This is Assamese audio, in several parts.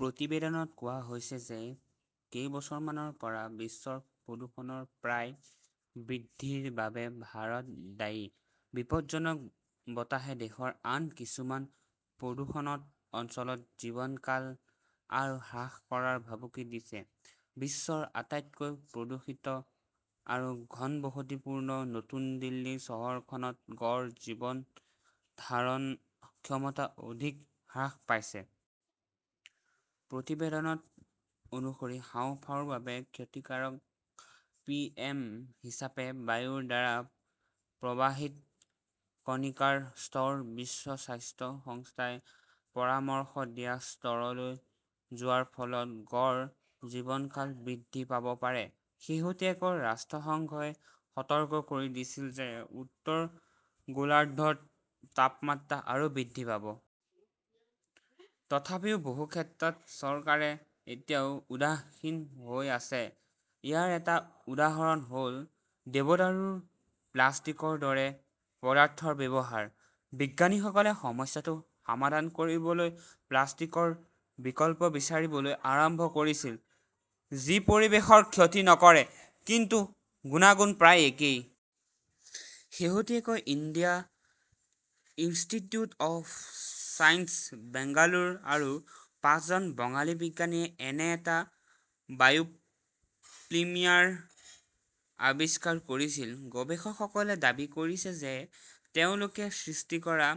প্ৰতিবেদনত কোৱা হৈছে যে কেইবছৰমানৰ পৰা বিশ্বৰ প্ৰদূষণৰ প্ৰায় বৃদ্ধিৰ বাবে ভাৰত দায়ী। বিপদজনক বতাহে দেশৰ আন কিছুমান প্ৰদূষনত অঞ্চলত জীৱনকাল আৰু হ্ৰাস কৰাৰ ভাবুকি দিছে। বিশ্বৰ আটাইতকৈ প্ৰদূষিত আৰু ঘনবসতিপূৰ্ণ নতুন দিল্লী চহৰখনত গড় জীৱন ধাৰণ ক্ষমতা অধিক হ্ৰাস পাইছে। প্ৰতিবেদনত অনুসৰি, হাঁওফাঁওৰ বাবে ক্ষতিকাৰক পি.এম. হিচাপে বায়ুৰ দ্বাৰা প্ৰবাহিত কণিকাৰ স্তৰ বিশ্ব স্বাস্থ্য সংস্থাই পৰামৰ্শ দিয়া স্তৰলৈ লৈ যোৱাৰ ফলত গড় জীৱনকাল বৃদ্ধি পাব পাৰে। শেহতীয়াকৈ ৰাষ্ট্ৰসংঘই সতৰ্ক কৰি দিছিল যে উত্তৰ গোলাৰ্ধত তাপমাত্ৰা আৰু বৃদ্ধি পাব। তথাপিও বহু ক্ষেত্ৰত চৰকাৰে এতিয়াও উদাসীন হৈ আছে। ইয়াৰ এটা উদাহৰণ হ'ল দেৱদাৰুৰ প্লাষ্টিকৰ দৰে পদাৰ্থৰ ব্যৱহাৰ। বিজ্ঞানীসকলে সমস্যাটো সমাধান কৰিবলৈ প্লাষ্টিকৰ বিকল্প বিচাৰিবলৈ আৰম্ভ কৰিছিল, যি পৰিৱেশৰ ক্ষতি নকৰে, কিন্তু গুণাগুণ প্ৰায় একেই। শেহতীয়াকৈ Indian Institute of Science, Bengaluru আৰু পাঁচজন বঙালী বিজ্ঞানীয়ে এনে এটা বায়োপ্লিমাৰ আৱিষ্কাৰ কৰিছিল। গৱেষকসকলে দাবী কৰিছে যে তেওঁলোকে সৃষ্টি কৰা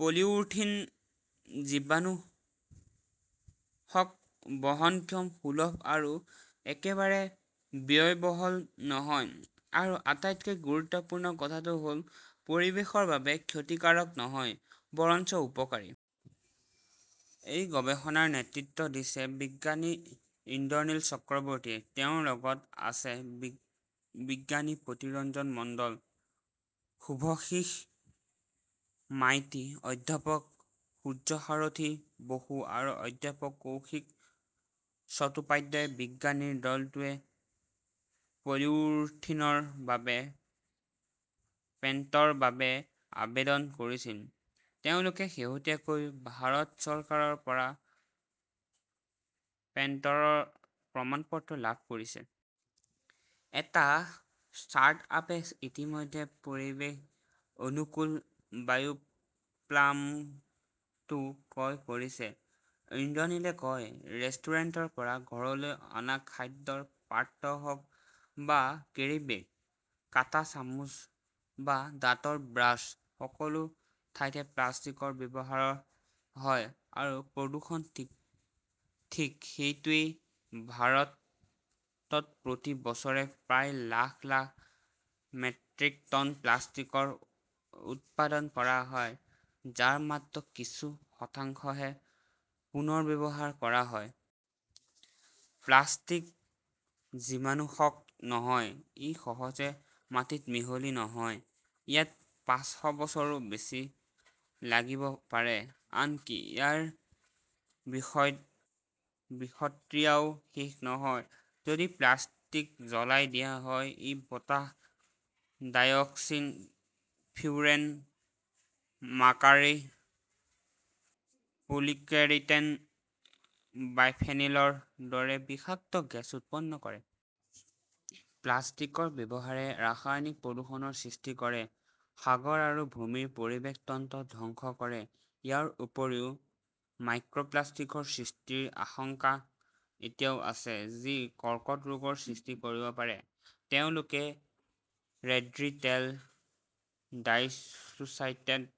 পলিইউৰোথিন জীৱাণুনাশক, বহনক্ষম, সুলভ আৰু একেবাৰে ব্যয়বহুল নহয়। আৰু আটাইতকৈ গুৰুত্বপূৰ্ণ কথাটো হ'ল, পৰিৱেশৰ বাবে ক্ষতিকাৰক নহয়, বৰঞ্চ উপকাৰী। এই গৱেষণাৰ নেতৃত্ব দিছে বিজ্ঞানী ইন্দ্ৰনীল চক্ৰৱৰ্তীয়ে। তেওঁৰ লগত আছে বি বিজ্ঞানী প্ৰীতৰঞ্জন মণ্ডল, শুভশীষ মাইতি, অধ্যাপক সূৰ্যসাৰথী বসু আৰু অধ্যাপক কৌশিক চট্টোপাধ্যায়। বিজ্ঞানীৰ দলটোৱে পলিউৰোথিনৰ বাবে পেটেণ্টৰ বাবে আবেদন কৰিছিল। তেওঁলোকে শেহতীয়াকৈ ভাৰত চৰকাৰৰ পৰা পেটেণ্টৰ প্ৰমাণপত্ৰ লাভ কৰিছে। এটা ষ্টাৰ্টআপে ইতিমধ্যে পৰিৱেশ-অনুকূল বায়োপ্লিমাৰটো ক্ৰয় কৰিছে, ইন্দ্ৰনীলে কয়। ৰেষ্টুৰেণ্টৰ পৰা ঘৰলৈ অনা খাদ্যৰ পাত্ৰ হওঁক বা কেৰীবেগ, কাঁটা চামুচ বা দাঁতৰ ব্ৰাছ, সকলো ঠাইতে প্লাষ্টিকৰ ব্যৱহাৰ হয়। আৰু প্ৰদূষণ ঠিক সেইটোৱেই। ভাৰতত প্ৰতি বছৰে প্ৰায় lakh lakh metric tonne plastic উৎপাদন কৰা হয়, যাৰ মাত্ৰ কিছু শতাংশহে পুনৰ্ব্যৱহাৰ কৰা হয়। প্লাষ্টিক জীৱাণুনাশক নহয়। ই সহজে মাটিত মিহলি নহয়, ইয়াত পাঁচশ বছৰৰো‌ বেছি লাগিব পাৰে। আনকি ইয়াৰ বিষক্ৰিয়াও শেষ নহয়। যদি প্লাষ্টিক জ্বলাই দিয়া হয়, ই বতাহত ডাইঅক্সিন, ফিউৰেন, মাৰ্কাৰী, পলিক্লৰিনেটেড বাইফেনিলৰ দৰে বিষাক্ত গেছ উৎপন্ন কৰে। প্লাষ্টিকৰ ব্যৱহাৰে ৰাসায়নিক প্ৰদূষণৰ সৃষ্টি কৰে, সাগৰ আৰু ভূমিৰ পৰিৱেশ তন্ত্ৰ ধ্বংস কৰে, ইয়াৰ উপৰিও মাইক্ৰপ্লাষ্টিকৰ সৃষ্টিৰ আশংকা এতিয়াও আছে, যি কৰ্কট ৰোগৰ সৃষ্টি কৰিব পাৰে। তেওঁলোকে ৰেড্ডী তেল, ডাইচোচাইনেট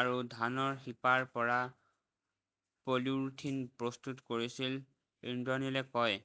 আৰু ধানৰ শিপাৰ পৰা পলিইউৰোথিন প্ৰস্তুত কৰিছিল, ইন্দ্ৰনীলে কয়।